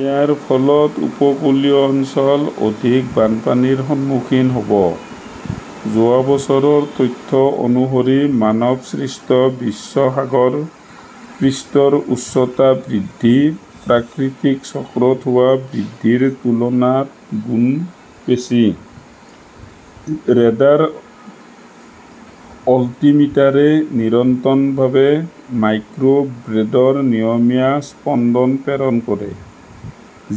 ইয়াৰ ফলত উপকূলীয় অঞ্চল অধিক বানপানীৰ সন্মুখীন হ'ব। যোৱা বছৰৰ তথ্য অনুসৰি মানৱসৃষ্ট বিশ্ব সাগৰ পৃষ্ঠৰ উচ্চতা বৃদ্ধি প্ৰাকৃতিক চক্ৰত হোৱা বৃদ্ধিৰ তুলনাত গুণ বেছি। ৰেডাৰ অলটিমিটাৰে নিৰন্তৰভাৱে মাইক্ৰ' ৱেভৰ নিয়মীয়া স্পন্দন প্ৰেৰণ কৰে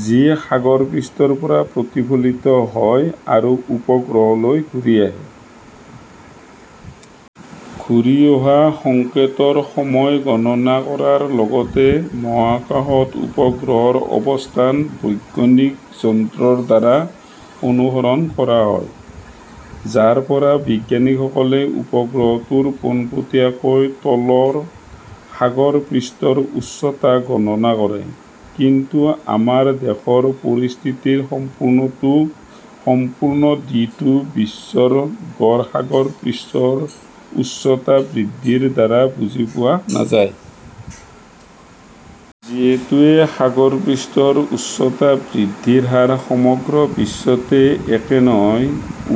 যি সাগৰ পৃষ্ঠৰ পৰা প্ৰতিফলিত হয় আৰু উপগ্ৰহলৈ ঘূৰি আহে। ঘূৰি অহা সংকেতৰ সময় গণনা কৰাৰ লগতে মহাকাশত উপগ্ৰহৰ অৱস্থান বৈজ্ঞানিক যন্ত্ৰৰ দ্বাৰা অনুসৰণ কৰা হয়, যাৰ পৰা বিজ্ঞানীসকলে উপগ্ৰহটোৰ পোনপটীয়াকৈ তলৰ সাগৰ পৃষ্ঠৰ উচ্চতা গণনা কৰে। কিন্তু আমাৰ দেশৰ পৰিস্থিতিৰ সম্পূৰ্ণটো সম্পূৰ্ণ যিটো বিশ্বৰ গড় সাগৰ পৃষ্ঠৰ উচ্চতা বৃদ্ধিৰ দ্বাৰা বুজি পোৱা নাযায়। যিহেতু সাগৰ পৃষ্ঠৰ উচ্চতা বৃদ্ধিৰ হাৰ সমগ্ৰ বিশ্বতে একে নহয়,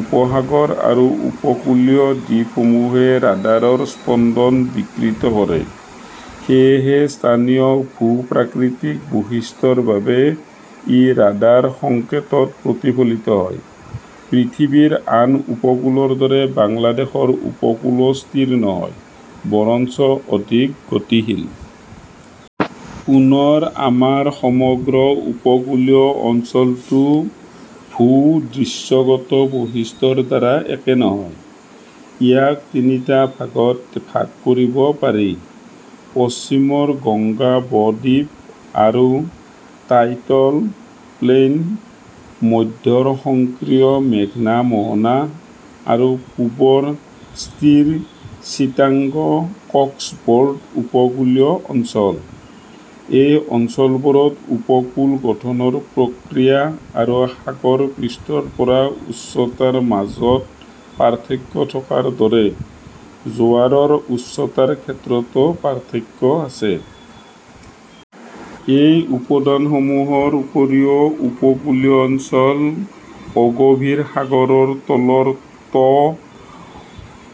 উপসাগৰ আৰু উপকূলীয় দ্বীপসমূহে ৰাডাৰৰ স্পন্দন বিকৃত কৰে। সেয়েহে স্থানীয় ভূ-প্ৰাকৃতিক বৈশিষ্ট্যৰ বাবে ই ৰাডাৰ সংকেতত প্ৰতিফলিত হয়। পৃথিৱীৰ আন উপকূলৰ দৰে বাংলাদেশৰ উপকূলও স্থিৰ নহয়, বৰঞ্চ অধিক গতিশীল। পুনৰ আমাৰ সমগ্ৰ উপকূলীয় অঞ্চলটো ভূ-দৃশ্যগত বৈশিষ্ট্যৰ দ্বাৰা একে নহয়। ইয়াক তিনিটা ভাগত ভাগ কৰিব পাৰিঃ পশ্চিমৰ গংগা ব-দ্বীপ আৰু টাইডল প্লেইন, মধ্যৰ সক্ৰিয় মেঘনা মোহনা, আৰু পূবৰ স্থিৰ চিটাগং-কক্সবৰ্গ উপকূলীয় অঞ্চল। এই অংশবোৰত উপকূল গঠনৰ প্ৰক্ৰিয়া আৰু সাগৰ পৃষ্ঠৰ পৰা উচ্চতাৰ মাজত পাৰ্থক্য থকাৰ দৰে জোৱাৰৰ উচ্চতাৰ ক্ষেত্ৰতো পাৰ্থক্য আছে। এই উপাদানসমূহৰ উপৰিও, উপকূলীয় অঞ্চলৰ অগভীৰ সাগৰৰ তলৰ ট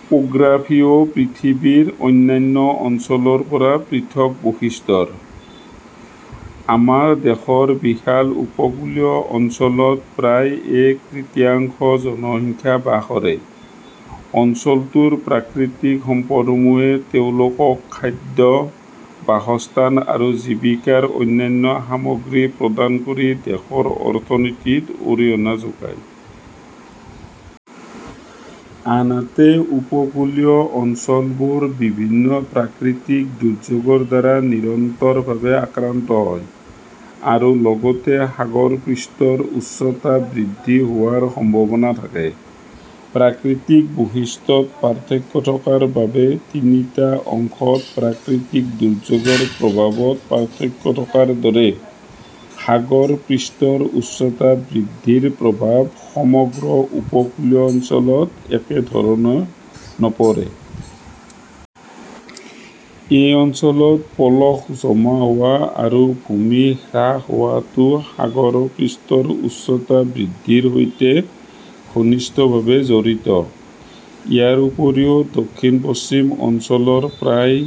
'পোগ্ৰাফীও পৃথিৱীৰ অন্যান্য অঞ্চলৰ পৰা পৃথক বৈশিষ্ট্যৰ। আমাৰ দেশৰ বিশাল উপকূলীয় অঞ্চলত প্ৰায় এক তৃতীয়াংশ জনসংখ্যা বাস কৰে। অঞ্চলটোৰ প্ৰাকৃতিক সম্পদসমূহে তেওঁলোকক খাদ্য, বাসস্থান আৰু জীৱিকাৰ অন্যান্য সামগ্ৰী প্ৰদান কৰি দেশৰ অৰ্থনীতিত অৰিহণা যোগায়। আনহাতে, উপকূলীয় অঞ্চলবোৰ বিভিন্ন প্ৰাকৃতিক দুৰ্যোগৰ দ্বাৰা নিৰন্তৰভাৱে আক্ৰান্ত হয়, আৰু লগতে সাগৰ পৃষ্ঠৰ উচ্চতা বৃদ্ধি হোৱাৰ সম্ভাৱনা থাকে। প্ৰাকৃতিক বৈশিষ্ট্যত পাৰ্থক্য থকাৰ বাবে তিনিটা অংশত প্ৰাকৃতিক দুৰ্যোগৰ প্ৰভাৱত পাৰ্থক্য থকাৰ দৰে, সাগৰ পৃষ্ঠৰ উচ্চতা বৃদ্ধিৰ প্ৰভাৱ সমগ্ৰ উপকূলীয় অঞ্চলত একে ধৰণে নপৰে। এই অঞ্চলত পলস জমা হোৱা আৰু ভূমি হ্ৰাস হোৱাটো সাগৰ পৃষ্ঠৰ উচ্চতা বৃদ্ধিৰ সৈতে ঘনিষ্ঠভাৱে জড়িত। ইয়াৰ উপৰিও, দক্ষিণ-পশ্চিম অঞ্চলৰ প্ৰায়,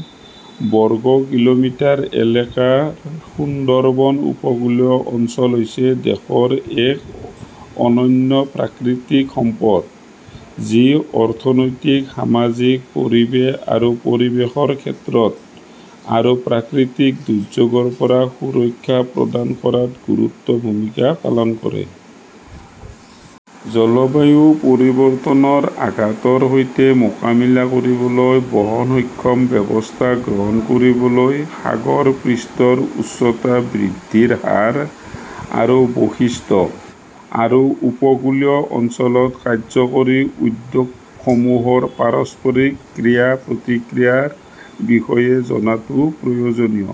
বৰ্গ কিলোমিটাৰ এলেকাৰ সুন্দৰবন উপকূলীয় অঞ্চল হৈছে দেশৰ এক অনন্য প্ৰাকৃতিক সম্পদ যি অৰ্থনৈতিক, সামাজিক, পৰিৱেশ আৰু পৰিৱেশৰ ক্ষেত্ৰত আৰু প্ৰাকৃতিক দুৰ্যোগৰ পৰা সুৰক্ষা প্ৰদান কৰাত গুৰুত্বপূৰ্ণ ভূমিকা পালন কৰে। জলবায়ু পৰিৱৰ্তনৰ আঘাতৰ সৈতে মোকামিলা কৰিবলৈ বহনক্ষম ব্যৱস্থা গ্ৰহণ কৰিবলৈ সাগৰ পৃষ্ঠৰ উচ্চতা বৃদ্ধিৰ হাৰ আৰু বৈশিষ্ট্য আৰু উপকূলীয় অঞ্চলত কাৰ্যকৰী উদ্যোগসমূহৰ পাৰস্পৰিক ক্ৰিয়া-প্ৰতিক্ৰিয়াৰ বিষয়ে জনাটো প্ৰয়োজনীয়।